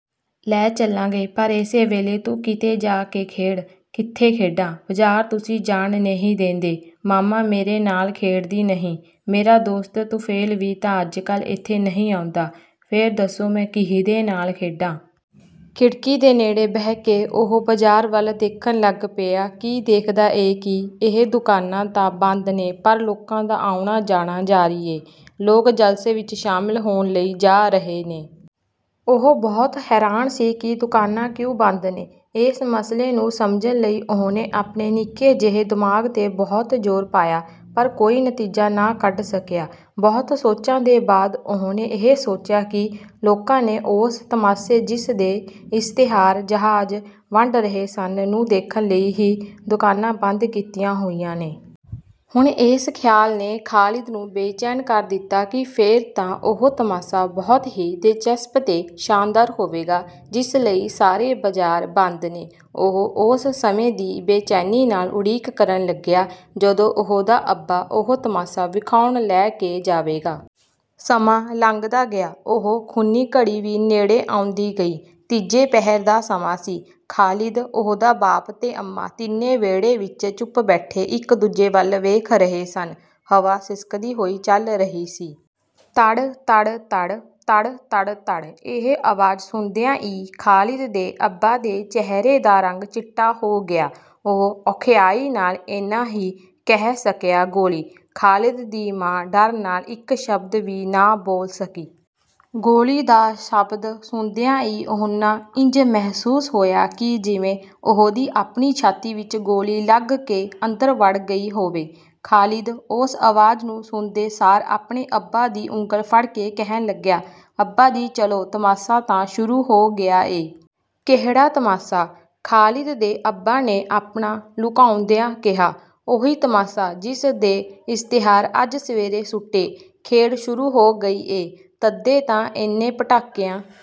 ਲੈ ਚੱਲਾਂਗੇ ਪਰ ਏਸੇ ਵੇਲੇ ਤੂੰ ਕਿਤੇ ਜਾ ਕੇ ਖੇਡ। ਕਿੱਥੇ ਖੇਡਾਂ? ਬਾਜ਼ਾਰ ਤੁਸੀਂ ਜਾਣ ਨਹੀਂ ਦੇਂਦੇ ਮਾਮਾ ਮੇਰੇ ਨਾਲ ਖੇਡਦੀ ਨਹੀਂ। ਮੇਰਾ ਦੋਸਤ ਤੁਫੈਲ ਵੀ ਤਾਂ ਅੱਜਕੱਲ੍ਹ ਏਥੇ ਨਹੀਂ ਆਉਂਦਾ। ਫੇਰ ਦੱਸੋ ਮੈਂ ਕੀਹਦੇ ਨਾਲ ਖੇਡਾਂ। ਖਿੜਕੀ ਦੇ ਨੇੜੇ ਬਹਿ ਕੇ ਉਹ ਬਾਜ਼ਾਰ ਵੱਲ ਦੇਖਣ ਲੱਗ ਪਿਆ। ਕੀ ਦੇਖਦਾ ਏ ਕਿ ਇਹ ਦੁਕਾਨਾਂ ਤਾਂ ਬੰਦ ਨੇ ਪਰ ਲੋਕਾਂ ਦਾ ਆਉਣਾ ਜਾਣਾ ਜਾਰੀ ਏ। ਲੋਕ ਜਲਸੇ ਵਿਚ ਸ਼ਾਮਲ ਹੋਣ ਲਈ ਜਾ ਰਹੇ ਨੇ। ਉਹ ਬਹੁਤ ਹੈਰਾਨ ਸੀ ਕਿ ਦੁਕਾਨਾਂ ਕਿਉਂ ਬੰਦ ਨੇ। ਏਸ ਮਸਲੇ ਨੂੰ ਸਮਝਣ ਲਈ ਉਹਨੇ ਆਪਣੇ ਨਿੱਕੇ ਜਿਹੇ ਦਿਮਾਗ਼ ਤੇ ਬਹੁਤ ਜ਼ੋਰ ਪਾਇਆ ਪਰ ਕੋਈ ਨਤੀਜਾ ਨਾ ਕੱਢ ਸਕਿਆ। ਬਹੁਤ ਸੋਚਾਂ ਦੇ ਬਾਅਦ ਉਹਨੇ ਇਹ ਸੋਚਿਆ ਕਿ ਲੋਕਾਂ ਨੇ ਓਸ ਤਮਾਸ਼ੇ ਜਿਸ ਦੇ ਇਸ਼ਤਿਹਾਰ ਜਹਾਜ਼ ਵੰਡ ਰਹੇ ਸਨ ਨੂੰ ਦੇਖਣ ਲਈ ਹੀ ਦੁਕਾਨਾਂ ਬੰਦ ਕੀਤੀਆਂ ਹੋਈਆਂ ਨੇ। ਹੁਣ ਏਸ ਖਿਆਲ ਨੇ ਖ਼ਾਲਿਦ ਨੂੰ ਬੇਚੈਨ ਕਰ ਦਿੱਤਾ ਕਿ ਫੇਰ ਤਾਂ ਉਹ ਤਮਾਸ਼ਾ ਬਹੁਤ ਹੀ ਦਿਲਚਸਪ ਤੇ ਸ਼ਾਨਦਾਰ ਹੋਵੇਗਾ ਜਿਸ ਲਈ ਸਾਰੇ ਬਾਜ਼ਾਰ ਬੰਦ ਨੇ। ਉਹ ਓਸ ਸਮੇਂ ਦੀ ਬੇਚੈਨੀ ਨਾਲ ਉਡੀਕ ਕਰਨ ਲੱਗਿਆ ਜਦੋਂ ਉਹਦਾ ਅੱਬਾ ਉਹ ਤਮਾਸ਼ਾ ਵਿਖਾਉਣ ਲੈ ਕੇ ਜਾਵੇਗਾ। ਸਮਾਂ ਲੰਘਦਾ ਗਿਆ। ਉਹ ਖ਼ੂਨੀ ਘੜੀ ਵੀ ਨੇੜੇ ਆਉਂਦੀ ਗਈ। ਤੀਜੇ ਪਹਿਰ ਦਾ ਸਮਾਂ ਸੀ। ਖ਼ਾਲਿਦ ਉਹਦਾ ਬਾਪ ਤੇ ਅੰਮਾ ਤਿੰਨੇ ਵਿਹੜੇ ਵਿਚ ਚੁੱਪ ਬੈਠੇ ਇਕ ਦੂਜੇ ਵੱਲ ਦੇਖ ਰਹੇ ਸਨ। ਹਵਾ ਸਿਸਕਦੀ ਹੋਈ ਚੱਲ ਰਹੀ ਸੀ। ਤੜ ਤੜ ਤੜ। ਤੜ ਤੜ ਤੜ। ਇਹ ਆਵਾਜ਼ ਸੁਣਦਿਆਂ ਈ ਖ਼ਾਲਿਦ ਦੇ ਅੱਬਾ ਦੇ ਚਿਹਰੇ ਦਾ ਰੰਗ ਚਿੱਟਾ ਹੋ ਗਿਆ। ਉਹ ਔਖਿਆਈ ਨਾਲ ਏਨਾ ਹੀ ਕਹਿ ਸਕਿਆ ਗੋਲੀ। ਖ਼ਾਲਿਦ ਦੀ ਮਾਂ ਡਰ ਨਾਲ ਇਕ ਸ਼ਬਦ ਵੀ ਨਾ ਬੋਲ ਸਕੀ। ਗੋਲੀ ਦਾ ਸ਼ਬਦ ਸੁਣਦਿਆਂ ਈ ਉਹਨਾਂ ਇੰਜ ਮਹਿਸੂਸ ਹੋਇਆ ਕਿ ਜਿਵੇਂ ਉਹਦੀ ਆਪਣੀ ਛਾਤੀ ਵਿਚ ਗੋਲੀ ਲੱਗ ਕੇ ਅੰਦਰ ਵੜ ਗਈ ਹੋਵੇ। ਖ਼ਾਲਿਦ ਓਸ ਆਵਾਜ਼ ਨੂੰ ਸੁਣਦੇ ਸਾਰ ਆਪਣੇ ਅੱਬਾ ਦੀ ਉਂਗਲ ਫੜ ਕੇ ਕਹਿਣ ਲੱਗਿਆ ਅੱਬਾ ਜੀ ਚਲੋ ਤਮਾਸ਼ਾ ਤਾਂ ਸ਼ੁਰੂ ਹੋ ਗਿਆ ਏ। ਕਿਹੜਾ ਤਮਾਸ਼ਾ? ਖ਼ਾਲਿਦ ਦੇ ਅੱਬਾ ਨੇ ਆਪਣਾ ਲੁਕਾਉਂਦਿਆਂ ਕਿਹਾ। "ਉਹੀ ਤਮਾਸ਼ਾ, ਜਿਸ ਦੇ ਇਸ਼ਤਿਹਾਰ ਅੱਜ ਸਵੇਰੇ ਸੁੱਟੇ। ਖੇਡ ਸ਼ੁਰੂ ਹੋ ਗਈ ਏ, ਤੱਦੇ ਤਾਂ ਏਨੇ ਪਟਾਕਿਆਂ